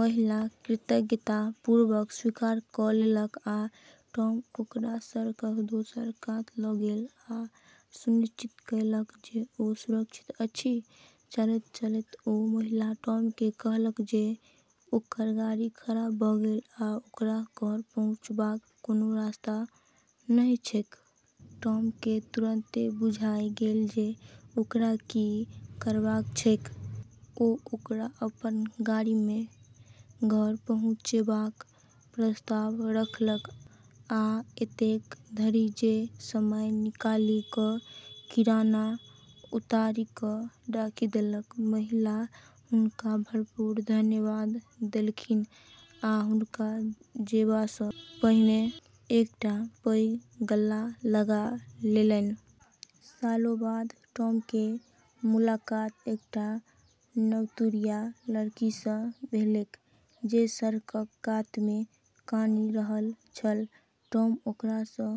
महिला कृतज्ञतापूर्वक स्वीकार क’ लेलक, आ टॉम ओकरा सड़कक दोसर कात ल’ गेल आ सुनिश्चित कएलक जे ओ सुरक्षित अछि। चलैत-चलैत ओ महिला टॉमकेँ कहलक जे ओकर गाड़ी खराब भ’ गेल आ ओकरा घर पहुँचबाक कोनो रास्ता नहि छैक। टॉमकेँ तुरंते बुझाइ गेल जे ओकरा की करबाक छैक। ओ ओकरा अपन गाड़ीमे घर पहुँचेबाक प्रस्ताव रखलक, आ एतेक धरि जे समय निकालि क’ किराना उतारि क’ राखि देलक। महिला हुनका भरपूर धन्यवाद देलखिन आ हुनका जेबा सँ पहिने एकटा पैघ गल्ला लगा लेलनि। सालों बाद टॉमकेँ मुलाकात एकटा नवतुरिया लड़की सँ भेलैक जे सड़कक कातमे कानि रहल छल। टॉम ओकरा सँ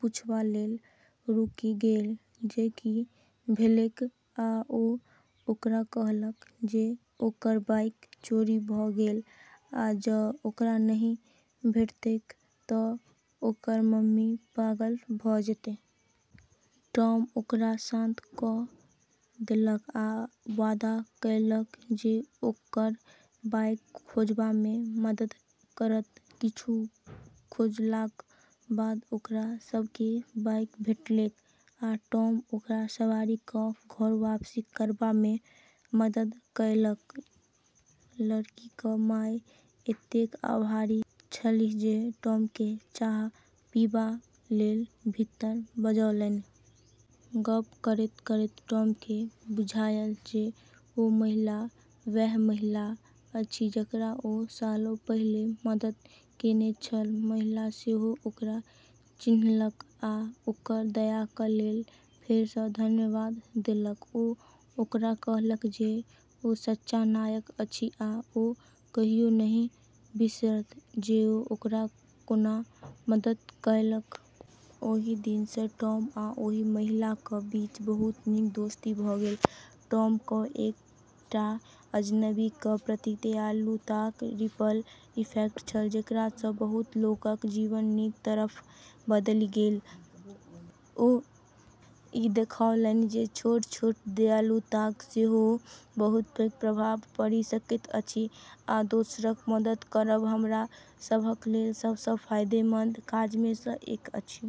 पूछबा लेल रुकि गेल जे की भेलैक, आ ओ ओकरा कहलक जे ओकर बाइक चोरी भ’ गेल आ जँ ओकरा नहि भेटतैक तँ ओकर ममी पागल भ’ जेतै। टॉम ओकरा शांत क’ देलक आ वादा कएलक जे ओकर बाइक खोजबामे मदद करत। किछु खोजलाक बाद ओकरा सभकेँ बाइक भेटलैक आ टॉम ओकरा सवारी क’ घर वापसी करबामे मदद कएलक। लड़कीक माय एतेक आभारी छलीह जे टॉमकेँ चाह पीबा लेल भीतर बजौलनि। गप्प करैत-करैत टॉमकेँ बुझायल जे ओ महिला वैह महिला अछि जकरा ओ सालों पहिने मदद केने छल। महिला सेहो ओकरा चिन्हलक, आ ओकर दयाक लेल फेर सँ धन्यवाद देलक। ओ ओकरा कहलक जे ओ सच्चा नायक अछि, आ ओ कहियो नहि बिसरत जे ओ ओकरा कोना मदद कएलक। ओहि दिन सँ टॉम आ ओहि महिलाक बीच बहुत नीक दोस्ती भ’ गेल। टॉमका एकटा अजनबीक प्रति दयालुताक रिपल इफेक्ट छल जेकरा सँ बहुत लोकक जीवन नीक तरफ बदलि गेल। ओ ई देखौलनि जे छोट-छोट दयालुताक सेहो बहुत पैघ प्रभाव पड़ि सकैत अछि, आ दोसरक मदद करब हमरा सभक लेल सभ सँ फायदेमंद काजमे सँ एक अछि।